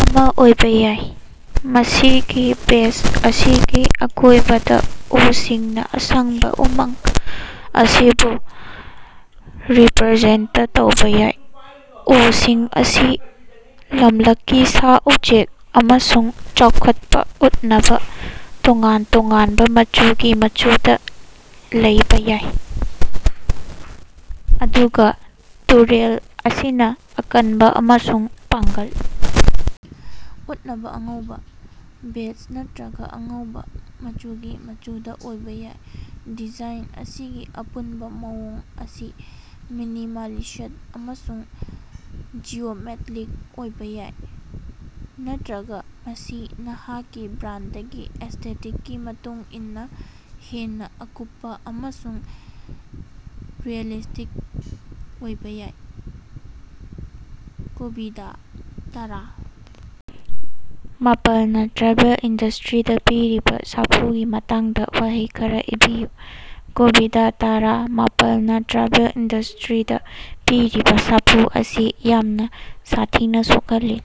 ꯑꯃꯥ ꯑꯣꯏꯕꯥ ꯌꯥꯏ, ꯃꯁꯤꯒꯤ ꯕꯦꯖ ꯑꯁꯤꯒꯤ ꯑꯀꯣꯏꯕꯗꯥ ꯎꯁꯤꯡꯅꯥ ꯑꯁꯪꯕꯥ ꯎꯃꯪ ꯑꯁꯤꯕꯨ ꯔꯤꯄꯔꯖꯦꯟꯇ ꯇꯧꯕꯥ ꯌꯥꯏ꯫ ꯎꯁꯤꯡ ꯑꯁꯤ ꯂꯝꯂꯛꯀꯤ ꯁꯥ-ꯎꯆꯦꯛ ꯑꯃꯁꯨꯡ ꯆꯥꯎꯈꯠꯄꯥ ꯎꯠꯅꯕꯥ ꯇꯣꯉꯥꯟ ꯇꯣꯉꯥꯟꯕ ꯃꯆꯨꯒꯤ ꯃꯆꯨꯗꯥ ꯂꯩꯕꯥ ꯌꯥꯏ, ꯑꯗꯨꯒꯥ ꯇꯨꯔꯦꯜ ꯑꯁꯤꯅꯥ ꯑꯀꯟꯕꯥ ꯑꯃꯁꯨꯡ ꯄꯥꯡꯒꯜ ꯎꯠꯅꯕꯥ ꯑꯉꯧꯕꯥ, ꯕꯦꯖ ꯅꯠꯇꯔꯒꯥ ꯑꯉꯧꯕꯥ ꯃꯆꯨꯒꯤ ꯃꯆꯨꯗꯥ ꯑꯣꯏꯕꯥ ꯌꯥꯏ꯫ ꯗꯤꯖꯥꯏꯟ ꯑꯁꯤꯒꯤ ꯑꯄꯨꯟꯕ ꯃꯑꯣꯡ ꯑꯁꯤ ꯃꯤꯅꯤꯃꯥꯂꯤꯁꯠ ꯑꯃꯁꯨꯡ ꯖꯤꯑꯣꯃꯦꯠꯔꯤꯛ ꯑꯣꯏꯕꯥ ꯌꯥꯏ, ꯅꯠꯇꯔꯒꯥ ꯃꯁꯤ ꯅꯍꯥꯛꯀꯤ ꯕ꯭ꯔꯥꯟꯗꯒꯤ ꯑꯦꯁꯇꯦꯇꯤꯛꯀꯤ ꯃꯇꯨꯡ ꯏꯟꯅꯥ ꯍꯦꯟꯅꯥ ꯑꯀꯨꯞꯄꯥ ꯑꯃꯁꯨꯡ ꯔꯤꯑꯦꯂꯤꯁꯇꯤꯛ ꯑꯣꯏꯕꯥ ꯌꯥꯏ꯫ ꯀꯣꯕꯤꯗ-ꯇꯔꯥ ꯃꯥꯄꯜꯅꯥ ꯇ꯭ꯔꯦꯚꯦꯜ ꯏꯟꯗꯁꯇꯔꯤꯗꯥ ꯄꯤꯔꯤꯕꯥ ꯁꯥꯐꯨꯒꯤ ꯃꯇꯥꯡꯗꯥ ꯋꯥꯍꯩ ꯈꯔꯥ ꯏꯕꯤꯌꯨ꯫ ꯀꯣꯕꯤꯗ-ꯇꯔꯥ ꯃꯥꯄꯜꯅ ꯇ꯭ꯔꯥꯚꯦꯜ ꯏꯟꯗꯁꯇꯔꯤꯗꯥ ꯄꯤꯔꯤꯕꯥ ꯁꯥꯐꯨ ꯑꯁꯤ ꯌꯥꯝꯅ ꯁꯥꯊꯤꯅ ꯁꯣꯛꯍꯜꯂꯦ꯫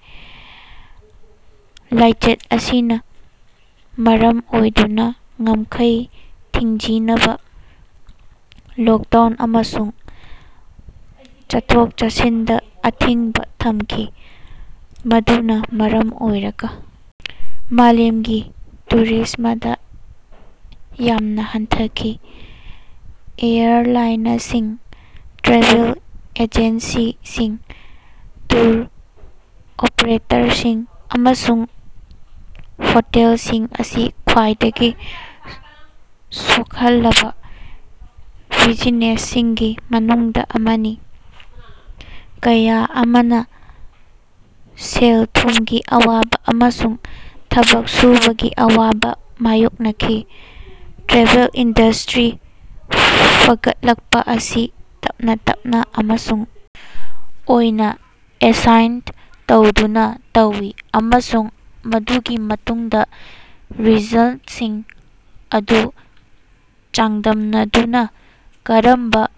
ꯂꯥꯏꯆꯠ ꯑꯁꯤꯅꯥ ꯃꯔꯝ ꯑꯣꯏꯗꯨꯅꯥ ꯉꯝꯈꯩ ꯊꯤꯡꯖꯤꯅꯕꯥ, ꯂꯣꯛꯗꯥꯎꯟ, ꯑꯃꯁꯨꯡ ꯆꯠꯊꯣꯛ-ꯆꯠꯁꯤꯟꯗꯥ ꯑꯊꯤꯡꯕꯥ ꯊꯝꯈꯤ, ꯃꯗꯨꯅꯥ ꯃꯔꯝ ꯑꯣꯏꯔꯒꯥ ꯃꯥꯂꯦꯃꯒꯤ ꯇꯨꯔꯤꯖꯃꯗꯥ ꯌꯥꯝꯅꯥ ꯍꯟꯊꯈꯤ꯫ ꯑꯦꯌꯔꯂꯥꯏꯅꯁꯤꯡ, ꯇ꯭ꯔꯦꯚꯦꯜ ꯑꯦꯖꯦꯟꯁꯤꯁꯤꯡ, ꯇꯨꯔ ꯑꯣꯄꯔꯦꯇꯔꯁꯤꯡ, ꯑꯃꯁꯨꯡ ꯍꯣꯇꯦꯜꯁꯤꯡ ꯑꯁꯤ ꯈ꯭ꯋꯥꯏꯗꯒꯤ ꯁꯣꯛꯍꯜꯂꯕꯥ ꯕꯤꯖꯤꯅꯦꯁꯁꯤꯡꯒꯤ ꯃꯅꯨꯡꯗꯥ ꯑꯃꯅꯤ, ꯀꯌꯥ ꯑꯃꯅꯥ ꯁꯦꯜ-ꯊꯨꯝꯒꯤ ꯑꯋꯥꯕꯥ ꯑꯃꯁꯨꯡ ꯊꯕꯛ ꯁꯨꯕꯒꯤ ꯑꯋꯥꯕꯥ ꯃꯥꯌꯣꯛꯅꯈꯤ꯫ ꯇ꯭ꯔꯦꯚꯦꯜ ꯏꯟꯗꯁꯇꯔꯤ ꯐꯒꯠꯂꯛꯄꯥ ꯑꯁꯤ ꯇꯞꯅꯥ ꯇꯞꯅꯥ ꯑꯃꯁꯨꯡ ꯑꯣꯏꯅꯥ ꯑꯦꯁꯥꯏꯟ ꯇꯧꯗꯨꯅꯥ ꯇꯧꯏ, ꯑꯃꯁꯨꯡ ꯃꯗꯨꯒꯤ ꯃꯇꯨꯡꯗꯥ ꯔꯤꯖꯜꯇꯁꯤꯡ ꯑꯗꯨ ꯆꯥꯡꯗꯝꯅꯗꯨꯅꯥ ꯀꯔꯝꯕꯥ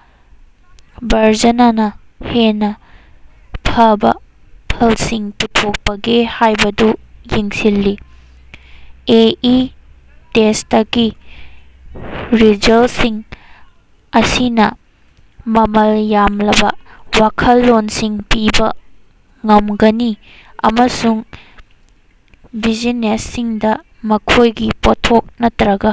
ꯚꯔꯖꯅꯅꯥ ꯍꯦꯟꯅꯥ ꯐꯕꯥ ꯐꯜꯁꯤꯡ ꯄꯨꯊꯣꯛꯄꯒꯦ ꯍꯥꯏꯕꯗꯨ ꯌꯦꯡꯁꯤꯜꯂꯤ꯫ ꯑꯦ ꯤ ꯇꯦꯁꯇꯀꯤ ꯔꯤꯖꯜꯇꯁꯤꯡ ꯑꯁꯤꯅꯥ ꯃꯃꯜ ꯌꯥꯝꯂꯕꯥ ꯋꯥꯈꯜꯂꯣꯟꯁꯤꯡ ꯄꯤꯕꯥ ꯉꯝꯒꯅꯤ ꯑꯃꯁꯨꯡ ꯕꯤꯖꯤꯅꯦꯁꯁꯤꯡꯗꯥ ꯃꯈꯣꯏꯒꯤ ꯄꯣꯠꯊꯣꯛ ꯅꯠꯇꯔꯒꯥ